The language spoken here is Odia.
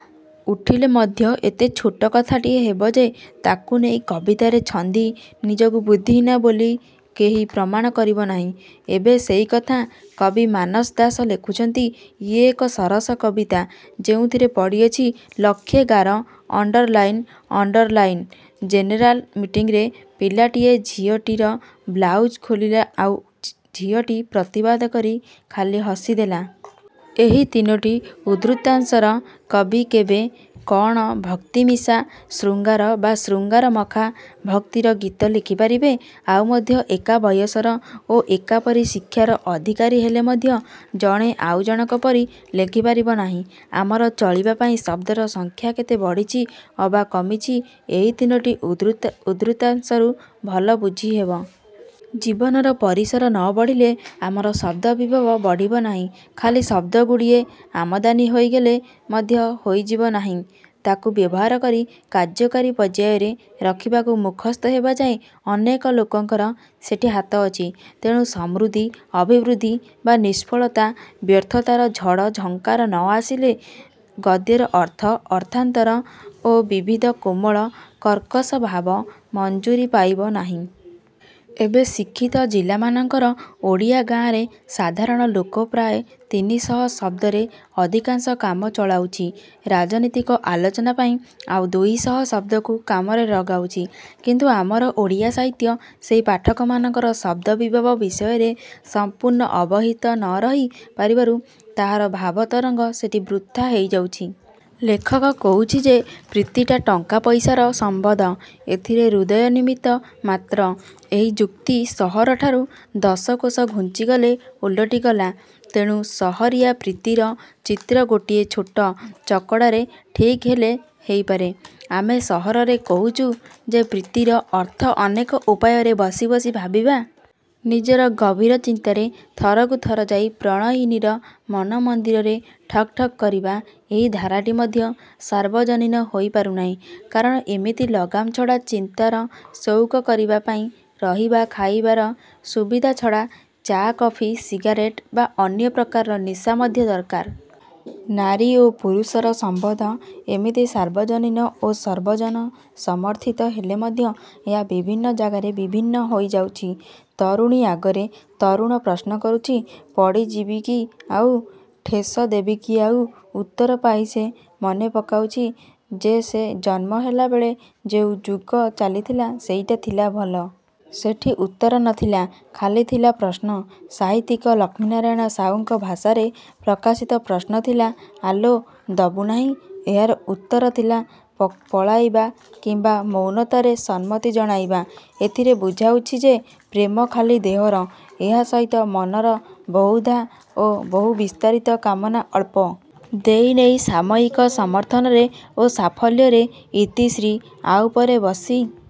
ଉଠିଲେ ମଧ୍ୟ ଏତେ ଛୋଟ କଥାଟିଏ ହେବ ଯେ ତା'କୁ ନେଇ କବିତାରେ ଛନ୍ଦି ନିଜକୁ ବୁଦ୍ଧିହୀନ ବୋଲି କେହି ପ୍ରମାଣ କରିବ ନାହିଁ। ଏବେ ସେଇ କଥା କବି ମାନସ ଦାସ ଲେଖୁଛନ୍ତି। ଇଏ ଏକ ସରସ କବିତା ଯେଉଁଥିରେ ପଡ଼ିଅଛି ଲକ୍ଷେ ଗାର underline underline general ମିଟିଂରେ ପିଲାଟିଏ ଝିଅଟିର ବ୍ଲାଉସ୍ ଖୋଲିଲା ଆଉ ଝିଅଟି ପ୍ରତିବାଦ କରି ଖାଲି ହସି ଦେଲା। ଏହି ତିନୋଟି ଉଦ୍ଧୃତାଂଶର କବି କେବେ କ'ଣ ଭକ୍ତିମିଶା ଶୃଙ୍ଗାର ବା ଶୃଙ୍ଗାରମଖା ଭକ୍ତିର ଗୀତ ଲେଖିପାରିବେ? ଆଉ ମଧ୍ୟ ଏକା ବୟସର ଓ ଏକାପରି ଶିକ୍ଷାର ଅଧିକାରୀ ହେଲେ ମଧ୍ୟ ଜଣେ ଆଉ ଜଣକ ପରି ଲେଖି ପାରିବ ନାହିଁ। ଆମର ଚଳିବାପାଇଁ ଶଦ୍ଦର ସଂଖ୍ୟା କେତେ ବଢ଼ିଛି ଅବା କମିଛି ଏହି ତିନୋଟି ଉଦ୍ଧୃତାଂଶରୁ ଭଲ ବୁଝିହବ। ଜୀବନର ପରିସର ନ ବଢ଼ିଲେ ଆମର ଶଦ୍ଦ ବିଭବ ବଢ଼ିବ ନାହିଁ। ଖାଲି ଶଦ୍ଦଗୁଡ଼ିଏ ଆମଦାନୀ ହେଇଗଲେ ମଧ୍ୟ ହେଇଯିବ ନାହିଁ। ତାକୁ ବ୍ୟବହାର କରି କାର୍ଯ୍ୟକାରୀ ପର୍ଯ୍ୟାୟରେ ରଖିବାକୁ ମୁଖସ୍ଥ ହେବା ଯାଏ ଅନେକ ଲୋକଙ୍କର ସେଠି ହାତ ଅଛି। ତେଣୁ। ସମୃଦ୍ଧି, ଅଭିବୃଦ୍ଧି ବା ନିଷ୍ଫଳତା ବ୍ୟର୍ଥତାର ଝଡ଼ ଝଙ୍କାର ନ ଆସିଲେ ଗଦ୍ୟର ଅର୍ଥ, ଅର୍ଥାନ୍ତର ଓ ବିବିଧ କୋମଳ କର୍କଶ ଭାବ ମଞ୍ଜୁରି ପାଇବ ନାହିଁ। ଏବେ ଶିକ୍ଷିତ ଜିଲାମାନଙ୍କର ଓଡ଼ିଆ ଗାଁରେ ସାଧାରଣ ଲୋକ ପ୍ରାୟ ତିନିଶହ ଶଦ୍ଦରେ ଅଧିକାଂଶ କାମ ଚଳାଉଛି। ରାଜନୀତିକ ଆଲୋଚନା ପାଇଁ ଆଉ ଦୁଇଶହ ଶଦ୍ଦକୁ କାମରେ ଲଗାଉଛି। କିନ୍ତୁ ଆମର ଓଡ଼ିଆ ସାହିତ୍ୟ ସେହି ପାଠକମାନଙ୍କର ଶଦ୍ଦବିଭବ ବିଷୟରେ ସଂପୂର୍ଣ୍ଣ ଅବହିତ ନ ରହି ପାରିବାରୁ ତାହାର ଭାବତରଙ୍ଗ ସେଠି ବୃଥା ହେଇଯାଉଛି। ଲେଖକ କହୁଛି ଯେ ପ୍ରୀତିଟା ଟଙ୍କା ପଇସାର ସମ୍ୱନ୍ଧ-ଏଥିରେ ହୃଦୟ ନିମିତ୍ତ ମାତ୍ର। ଏହି ଯୁକ୍ତି ସହରଠାରୁ ଦଶକୋଶ ଘୁଞ୍ଚିଗଲେ ଓଲଟି ଗଲା। ତେଣୁ ସହରିଆ ପ୍ରୀତିର ଚିତ୍ର ଗୋଟିଏ ଛୋଟ ଚକଡ଼ାରେ ଠିକ୍ ହେଲେ ହେଇପାରେ। ଆମେ ସହରରେ କହୁଛୁ ଯେ ପ୍ରୀତିର ଅର୍ଥ ଅନେକ ଉପାୟରେ ବସି ବସି ଭାବିବା। ନିଜର ଗଭୀର ଚିନ୍ତାରେ ଥରକୁ ଥର ଯାଇ ପ୍ରଣୟିନୀର ମନ ମନ୍ଦିରରେ ଠକ୍ ଠକ୍ କରିବା। ଏହି ଧାରାଟି ମଧ୍ୟ ସାର୍ବଜନୀନ ହୋଇ ପାରୁନାହିଁ। କାରଣ ଏମିତି ଲଗାମ ଛଡ଼ା ଚିନ୍ତାର ସଉକ କରିବା ପାଇଁ ରହିବା ଖାଇବାର ସୁବିଧା ଛଡ଼ା ଚା'କଫି ସିଗାରେଟ୍ ବା ଅନ୍ୟ ପ୍ରକାରର ନିଶା ମଧ୍ୟ ଦରକାର। ନାରୀ ଓ ପୁରୁଷର ସମ୍ୱନ୍ଧ ଏମିତି ସାର୍ବଜନୀନ ଓ ସର୍ବଜନ ସମର୍ଥିତ ହେଲେ ମଧ୍ୟ ଏହା ବିଭିନ୍ନ ଯାଗାରେ ବିଭିନ୍ନ ହୋଇଯାଉଛି। ତରୁଣୀ ଆଗରେ ତରୁଣ ପ୍ରଶ୍ନ କରୁଛି। ପଡ଼ି ଯିବି କି ଆଉ? ଠେସ ଦେବି କି ଆଉ? ଉତ୍ତର ପାଇ ସେ ମନେ ପକାଉଛି ଯେ ସେ ଜନ୍ମ ହେଲାବେଳେ ଯେଉଁ ଯୁଗ ଚାଲିଥିଲା ସେଇଟା ଥିଲା ଭଲ। ସେଠି ଉତ୍ତର ନଥିଲା-ଖାଲି ଥିଲା ପ୍ରଶ୍ନ। ସାହିତ୍ୟିକ ଲକ୍ଷ୍ମୀନାରାୟଣ ସାହୁଙ୍କ ଭାଷାରେ ପ୍ରକାଶିତ ପ୍ରଶ୍ନ ଥିଲା? ଆଲୋ, ଦବୁ ନାହିଁ? ଏହାର ଉତ୍ତର ଥିଲା ପଳାଇବା କିମ୍ୱା ମୌନତାରେ ସମ୍ମତି ଜଣାଇବା। ଏଥିରେ ବୁଝାଉଛି ଯେ ପ୍ରେମ ଖାଲି ଦେହର। ଏହା ସହିତ ମନର ବହୁଧା ଓ ବହୁବିସ୍ତାରିତ କାମନା ଅଳ୍ପ। ଦେଇ ନେଇ ସାମୟିକ ସମର୍ଥନରେ ଓ ସାଫଲ୍ୟରେ ଇତିଶ୍ରୀ। ଆଉ ପରେ ବସି